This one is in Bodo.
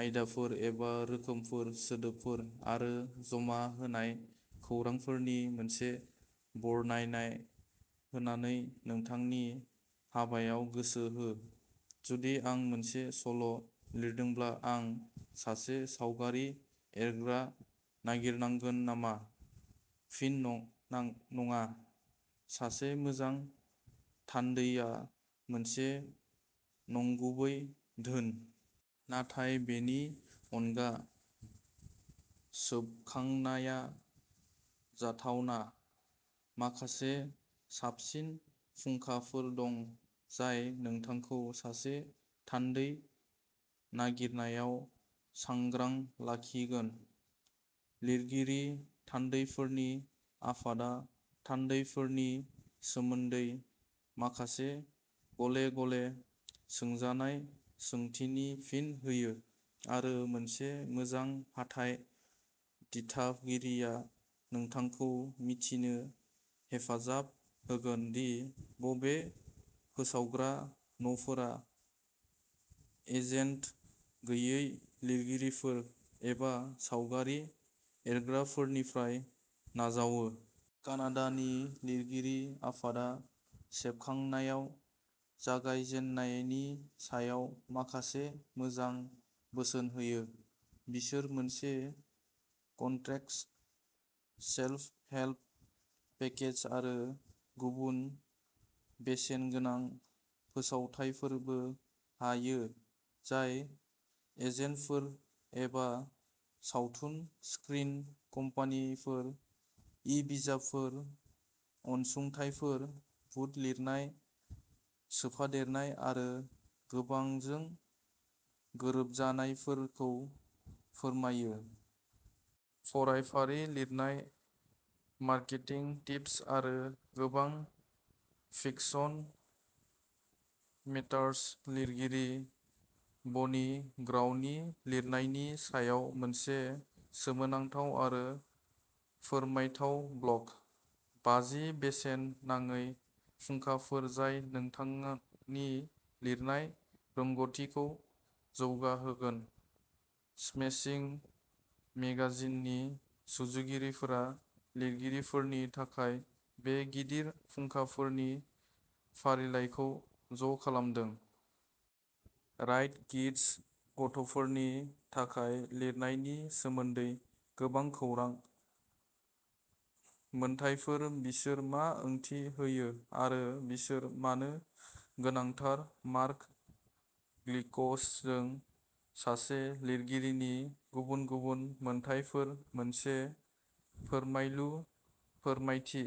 आयदाफोर एबा रोखोमफोर सोदोबफोर आरो जमा होनाय खौरांफोरनि मोनसे बरनायनाय होनानै नोंथांनि हाबायाव गोसो हो। जुदि आं मोनसे सल' लिरदोंब्ला आं सासे सावगारि एरग्रा नागिरनांगोन नामा? फिन: नं-नां-नङा। सासे मोजां थान्दैआ मोनसे नंगुबै धोन। नाथाय बेनि अनगा सोबखांनाया जाथावना। माखासे साबसिन फुंखाफोर दं जाय नोंथांखौ सासे थान्दै नागिरनायाव सांग्रां लाखिगोन। लिरगिरि थान्दैफोरनि आफादा थान्दैफोरनि सोमोन्दै माखासे गले गले सोंजानाय सोंथिनि फिन होयो। आरो मोनसे मोजां हाथाइ दिथागिरिया नोंथांखौ मिथिनो हेफाजाब होगोन दि, बबे फोसावग्रा न'फोरा एजेन्ट गैयै लिरगिरिफोर एबा सावगारि एरग्राफोरनिफ्राय नाजावो। कानाडानि लिरगिरि आफादआ सेबखांनायाव जागायजेननायनि सायाव माखासे मोजां बोसोन होयो। बिसोर मोनसे कन्ट्रेक्टस सेल्फ हेल्प पेकेज आरो गुबुन बेसेनगोनां फोसावथायफोरबो हायो। जाय एजेन्टफोर एबा सावथुन स्क्रिन कम्पानिफोर इ-बिजाबफोर अनसुंथाइफोर भुत लिरनाय सोफादेरनाय आरो गोबांजों गोरोबजानायफोरखौ फोरमायो। फरायफारि लिरनाय मार्केटिं टिप्स आरो गोबां फिकशन मेटर्स लिरगिरि बनी ग्रवनि लिरनायनि सायाव मोनसे सोमोनांथाव आरो फोरमायथाव ब्लग। बाजि बेसेन नाङै फुंखाफोर जाय नोंथाङानि लिरनाय रोंग'थिखौ जौगाहोगोन स्माशिं मेगाजिननि सुजुगिरिफोरा लिरगिरिफोरनि थाखाय बे गिदिर फुंखाफोरनि फारिलाइखौ ज' खालामदों। राइट किड्स गथ'फोरनि थाखाय लिरनायनि सोमोन्दै गोबां खौरां। मोनथायफोर बिसोर मा ओंथि होयो आरो बिसोर मानो गोनांथार मार्ग ग्लिकसजों सासे लिरगिरिनि गुबुन गुबुन मोन्थाइफोरनि मोनसे फोरमायलु फोरमायथि।